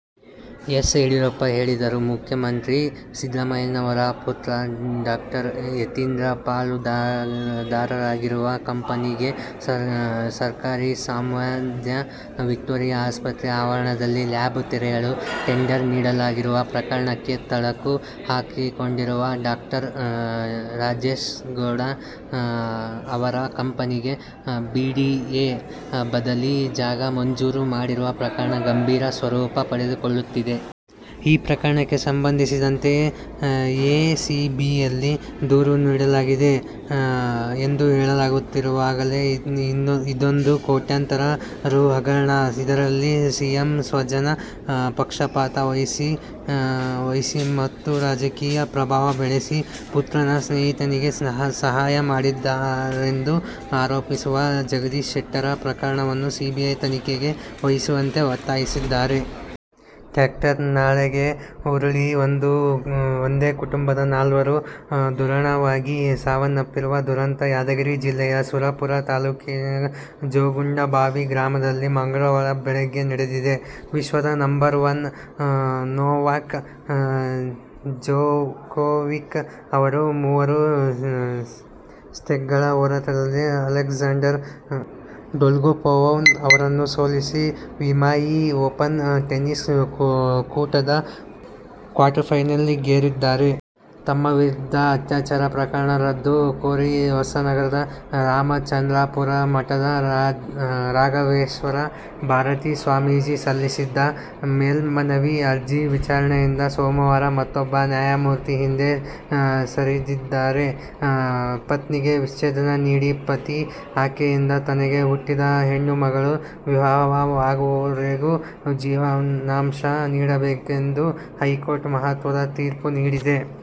S. Yediyurappa ಹೇಳಿದರು. ಮುಖ್ಯಮಂತ್ರಿ ಸಿದ್ದರಾಮಯ್ಯನವರ ಪುತ್ರ ಡಾ. ಯತೀಂದ್ರ ಪಾಲುದಾರರಾಗಿರುವ ಕಂಪನಿಗೆ ಸರ್ಕಾರಿಸ್ವಾಮ್ಯದ ವಿಕ್ಟೋರಿಯಾ ಆಸ್ಪತ್ರೆ ಆವರಣದಲ್ಲಿ ಲ್ಯಾಬ್ ತೆರೆಯಲು ಟೆಂಡರ್ ನೀಡಲಾಗಿರುವ ಪ್ರಕರಣಕ್ಕೆ ತಳಕು ಹಾಕಿಕೊಂಡಿರುವ ಡಾ. ರಾಜೇಶ್ಗೌಡ ಅವರ ಕಂಪನಿಗೆ ಬಿಡಿಎ ಬದಲಿ ಜಾಗ ಮಂಜೂರು ಮಾಡಿರುವ ಪ್ರಕರಣ ಗಂಭೀರ ಸ್ವರೂಪ ಪಡೆದುಕೊಳ್ಳುತ್ತಿದೆ. ಈ ಪ್ರಕರಣಕ್ಕೆ ಸಂಬಂಧಿಸಿದಂತೆ ಎಸಿಬಿಯಲ್ಲಿ ದೂರು ದಾಖಲಾಗಿದೆ ಎಂದು ಹೇಳಲಾಗುತ್ತಿರು ವಾಗಲೇ, ಇದೊಂದು ಕೋಟ್ಯಂತರ ರೂ. ಹಗರಣ. ಇದರಲ್ಲಿ ಸಿಎಂ ಸ್ವಜನ ಪಕ್ಷಪಾತ ವಹಿಸಿಮತ್ತು ರಾಜಕೀಯ ಪ್ರಭಾವ ಬಳಸಿ ಪುತ್ರನ ಸ್ನೇಹಿತನಿಗೆ ಸಹಾಯ ಮಾಡಿದ್ದಾ ರೆಂದು ಆರೋಪಿಸಿರುವ ಜಗದೀಶ್ ಶೆಟ್ಟರ್, ಪ್ರಕರಣವನ್ನು ಸಿಬಿಐ ತನಿಖೆಗೆ ವಹಿಸುವಂತೆ ಒತ್ತಾಯಿಸಿದ್ದಾರೆ. ಟ್ರ್ಯಾಕ್ಟರ್ ನಾಲೆಗೆ ಉರುಳಿ ಒಂದೇ ಕುಟುಂಬದ ನಾಲ್ವರು ದಾರುಣವಾಗಿ ಸಾವನ್ನಪ್ಪಿರುವ ದುರಂತ ಯಾದಗಿರಿ ಜಿಲ್ಲೆಯ ಸುರಪುರ ತಾಲೂಕಿನ ಜೋಗುಂಡಬಾವಿ ಗ್ರಾಮದಲ್ಲಿ ಮಂಗಳವಾರ ಬೆಳಗ್ಗೆ ನಡೆದಿದೆ. ವಿಶ್ವದ ನಂಬರ್ ವನ್ ನೊವಾಕ್ ಜೊಕೋವಿಕ್ ಅವರು ಮೂರು ಸೆಟ್ಗಳ ಹೋರಾಟದಲ್ಲಿ ಅಲೆಕ್ಸಾಂಡರ್ ಡೊಲ್ಗೊಪೊಲೋವ್ ಅವರನ್ನು ಸೋಲಿಸಿ ಮಿಯಾಮಿ ಓಪನ್ ಟೆನಿಸ್ ಕೂಟದ ಕ್ವಾರ್ಟರ್ಫೈನಲಿಗೇರಿದ್ದಾರೆ. ತಮ್ಮ ವಿರುದ್ಧದ ಅತ್ಯಾಚಾರ ಪ್ರಕರಣ ರದ್ದು ಕೋರಿ ಹೊಸನಗರದ ರಾಮಚಂದ್ರಾಪುರ ಮಠದ ರಾಘವೇಶ್ವರ ಭಾರತಿ ಸ್ವಾಮೀಜಿ ಸಲ್ಲಿಸಿದ್ದ ಮೇಲ್ಮನವಿ ಅರ್ಜಿ ವಿಚಾರಣೆಯಿಂದ ಸೋಮವಾರ ಮತ್ತೂಬ್ಬ ನ್ಯಾಯಮೂರ್ತಿ ಹಿಂದೆ ಸರಿದಿದ್ದಾರೆ. ಪತ್ನಿಗೆ ವಿಚ್ಛೇದನ ನೀಡಿದ ಪತಿ ಆಕೆಯಿಂದ ತನಗೆ ಹುಟ್ಟಿದ ಹೆಣ್ಣು ಮಕ್ಕಳು ವಿವಾಹವಾಗುವವರೆಗೂ ಜೀವನಾಂಶ ನೀಡಬೇಕು ಎಂದು ಹೈಕೋರ್ಟ್ ಮಹತ್ವದ ತೀರ್ಪು ನೀಡಿದೆ.